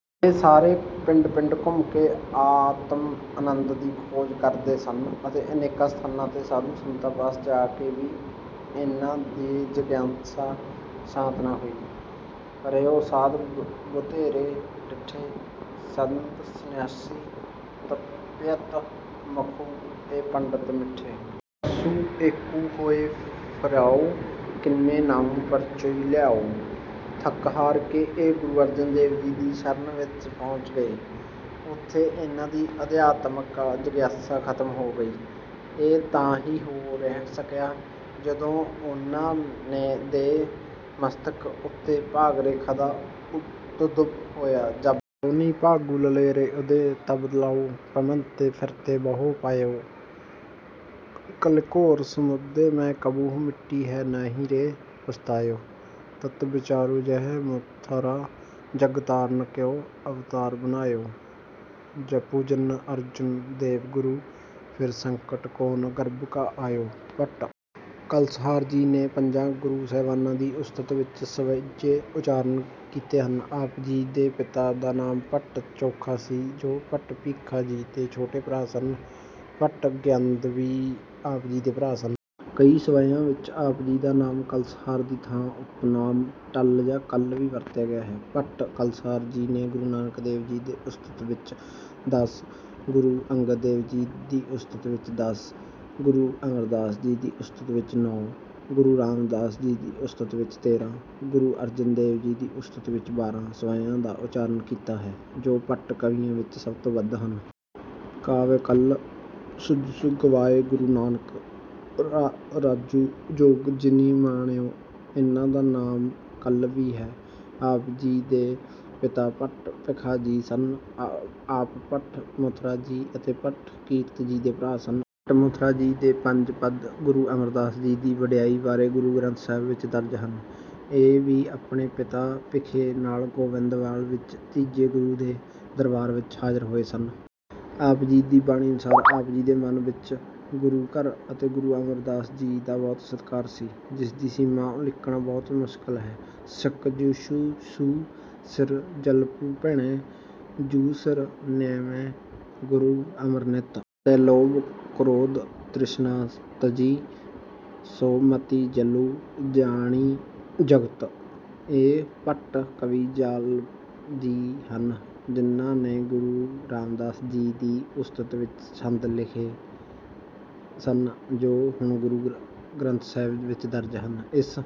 ਇਹ ਸਾਰੇ ਪਿੰਡ-ਪਿੰਡ ਘੁੰਮ ਕੇ ਆਤਮ-ਆਨੰਦ ਦੀ ਖੋਜ ਕਰਦੇ ਸਨ ਅਤੇ ਅਨੇਕਾਂ ਸਥਾਨਾਂ ’ਤੇ ਸਾਧੂ-ਸੰਤਾਂ ਪਾਸ ਜਾ ਕੇ ਵੀ ਇਹਨਾਂ ਦੀ ਜਿਗਿਆਸਾ ਸ਼ਾਂਤ ਨਾ ਹੋਈ। ਰਹਿਓ ਸਾਧ ਬਹੁਤੇਰੇ ਡਿਠੇ, ਸੰਧਨਿਆਸੀ ਤਪਸੀਅਤ ਮੁਖਹੁ ਏ ਪੰਡਿਤ ਮਿਠੇ। ਬਰਸੁ ਏਕੁ ਹਉ ਫਿਰਿਓ, ਕਿਨੈ ਨਹੁ ਪਰਚਉ ਲਾਯਉ। ਥੱਕ-ਹਾਰ ਕੇ ਇਹ ਗੁਰੂ ਅਰਜਨ ਦੇਵ ਜੀ ਦੀ ਸ਼ਰਨ ਵਿੱਚ ਪਹੁੰਚ ਗਏ। ਉੱਥੇ ਇਹਨਾਂ ਦੀ ਅਧਿਆਤਮਿਕ ਜਿਗਿਆਸਾ ਖ਼ਤਮ ਹੋ ਗਈ। ਇਹ ਤਾਂ ਹੀ ਹੋ ਸਕਿਆ, ਜਦੋਂ ਉਹਨਾਂ ਦੇ ਮਸਤਕ ਉੱਤੇ ਭਾਗ-ਰੇਖਾ ਦਾ ਉਦਭਵ ਹੋਇਆ। ਜਬ ਲਉ ਨਹੀ ਭਾਗੁ ਲਿਲਾਰੁ ਉਦੈ, ਤਬ ਲਉ ਭ੍ਰਮੰਤੇ ਫਿਰਤੇ ਬਹੁ ਪਾਇਓ। ਕਲਿ ਘੋਰ ਸਮੁਦ੍ਰ ਮੈ ਕਬਹੂ ਮਿਟੀ ਹੈ ਨਹੀ ਰੇ ਪਛੁਤਾਇਓ। ਤਤੁ ਬਿਚਾਰੁ ਯਹੈ ਮਥੁਰਾ, ਜਗ ਤਾਰਨ ਕਉ ਅਵਤਾਰੁ ਬਨਾਇਓ। ਜਪਉ ਜਿਨ ਅਰਜਨ ਦੇਵ ਗੁਰੂ, ਫਿਰਿ ਸੰਕਟ ਜੋਨਿ ਗਰਭ ਕਾ ਆਇਓ। ਭੱਟ ਕਲਸਹਾਰ ਜੀ ਨੇ ਪੰਜਾਂ ਗੁਰੂ ਸਾਹਿਬਾਨ ਦੀ ਉਸਤਤ ਵਿੱਚ ਸਵੱਯੇ ਉਚਾਰਨ ਕੀਤੇ ਹਨ। ਆਪ ਜੀ ਦੇ ਪਿਤਾ ਦਾ ਨਾਮ ਭੱਟ ਚੋਖਾ ਸੀ, ਜੋ ਭੱਟ ਭੀਖਾ ਜੀ ਦੇ ਛੋਟੇ ਭਰਾ ਸਨ। ਭੱਟ ਗਯੰਦ ਵੀ ਆਪ ਜੀ ਦੇ ਭਰਾ ਸਨ। ਕਈ ਸਵੱਯਿਆਂ ਵਿੱਚ ਆਪ ਜੀ ਦਾ ਨਾਮ ਕਲਸਹਾਰ ਦੀ ਥਾਂ ਉਪਨਾਮ ਟੱਲ’ ਜਾਂ ਕਲ੍ਹ’ ਵੀ ਵਰਤਿਆ ਗਿਆ ਹੈ। ਭੱਟ ਕਲਸਹਾਰ ਜੀ ਨੇ ਗੁਰੂ ਨਾਨਕ ਦੇਵ ਜੀ ਦੀ ਉਸਤਤ ਵਿੱਚ ਦਸ, ਗੁਰੂ ਅੰਗਦ ਦੇਵ ਜੀ ਦੀ ਉਸਤਤ ਵਿੱਚ ਦਸ, ਗੁਰੂ ਅਮਰਦਾਸ ਜੀ ਦੀ ਉਸਤਤ ਵਿੱਚ ਨੌਂ, ਗੁਰੂ ਰਾਮਦਾਸ ਜੀ ਦੀ ਉਸਤਤ ਵਿੱਚ ਤੇਰ੍ਹਾਂ ਅਤੇ ਗੁਰੂ ਅਰਜਨ ਦੇਵ ਜੀ ਦੀ ਉਸਤਤ ਵਿੱਚ ਬਾਰ੍ਹਾਂ ਸਵੱਯਿਆਂ ਦਾ ਉਚਾਰਨ ਕੀਤਾ ਹੈ, ਜੋ ਭੱਟ ਕਵੀਆਂ ਵਿੱਚੋਂ ਸਭ ਤੋਂ ਵੱਧ ਹਨ। ਕਵਿ ਕਲ ਸੁਜਸੁ ਗਾਵਉ ਗੁਰ ਨਾਨਕ ਰਾਜੁ ਜੋਗੁ ਜਿਨਿ ਮਾਣਿਓ। ਇਨ੍ਹਾਂ ਦਾ ਦੂਜਾ ਨਾਮ ਕਲ੍ਹ’ ਵੀ ਹੈ। ਆਪ ਜੀ ਦੇ ਪਿਤਾ ਭੱਟ ਭਿਖਾ ਜੀ ਸਨ। ਆਪ ਭੱਟ ਮਥੁਰਾ ਜੀ ਅਤੇ ਭੱਟ ਕੀਰਤ ਜੀ ਦੇ ਭਰਾ ਸਨ। ਭੱਟ ਮਥੁਰਾ ਜੀ ਦੇ ਪੰਜ ਪਦ ਗੁਰੂ ਅਮਰਦਾਸ ਜੀ ਦੀ ਵਡਿਆਈ ਬਾਰੇ ਗੁਰੂ ਗ੍ਰੰਥ ਸਾਹਿਬ ਵਿੱਚ ਦਰਜ ਹਨ। ਇਹ ਵੀ ਆਪਣੇ ਪਿਤਾ ਭਿਖੇ ਨਾਲ ਗੋਇੰਦਵਾਲ ਵਿੱਚ ਤੀਜੇ ਗੁਰੂ ਦੇ ਦਰਬਾਰ ਵਿੱਚ ਹਾਜ਼ਰ ਹੋਏ ਸਨ। ਆਪ ਜੀ ਦੀ ਬਾਣੀ ਅਨੁਸਾਰ, ਆਪ ਜੀ ਦੇ ਮਨ ਵਿੱਚ ਗੁਰੂ-ਘਰ ਅਤੇ ਗੁਰੂ ਅਮਰਦਾਸ ਜੀ ਦਾ ਬਹੁਤ ਸਤਿਕਾਰ ਸੀ, ਜਿਸ ਦੀ ਸੀਮਾ ਉਲੀਕਣਾ ਬਹੁਤ ਮੁਸ਼ਕਿਲ ਹੈ। ਸਕਯਥੁ ਸੁ ਸਿਰੁ ਜਾਲਪੁ ਭਣੈ, ਜੁ ਸਿਰੁ ਨਿਵੈ ਗੁਰ ਅਮਰ ਨਿਤ। ਤੈ ਲੋਭੁ ਕ੍ਰੋਧੁ ਤ੍ਰਿਸਨਾ ਤਜੀ, ਸੁ ਮਤਿ ਜਲੁ ਜਾਣੀ ਜੁਗਤਿ। ਇਹ ਭੱਟ ਕਵੀ ਜਾਲਪ ਜੀ ਹਨ, ਜਿਨ੍ਹਾਂ ਨੇ ਗੁਰੂ ਰਾਮਦਾਸ ਜੀ ਦੀ ਉਸਤਤ ਵਿੱਚ ਛੰਦ ਲਿਖੇ ਸਨ, ਜੋ ਹੁਣ ਗੁਰੂ ਗ੍ਰੰਥ ਸਾਹਿਬ ਵਿੱਚ ਦਰਜ ਹਨ। ਇਸ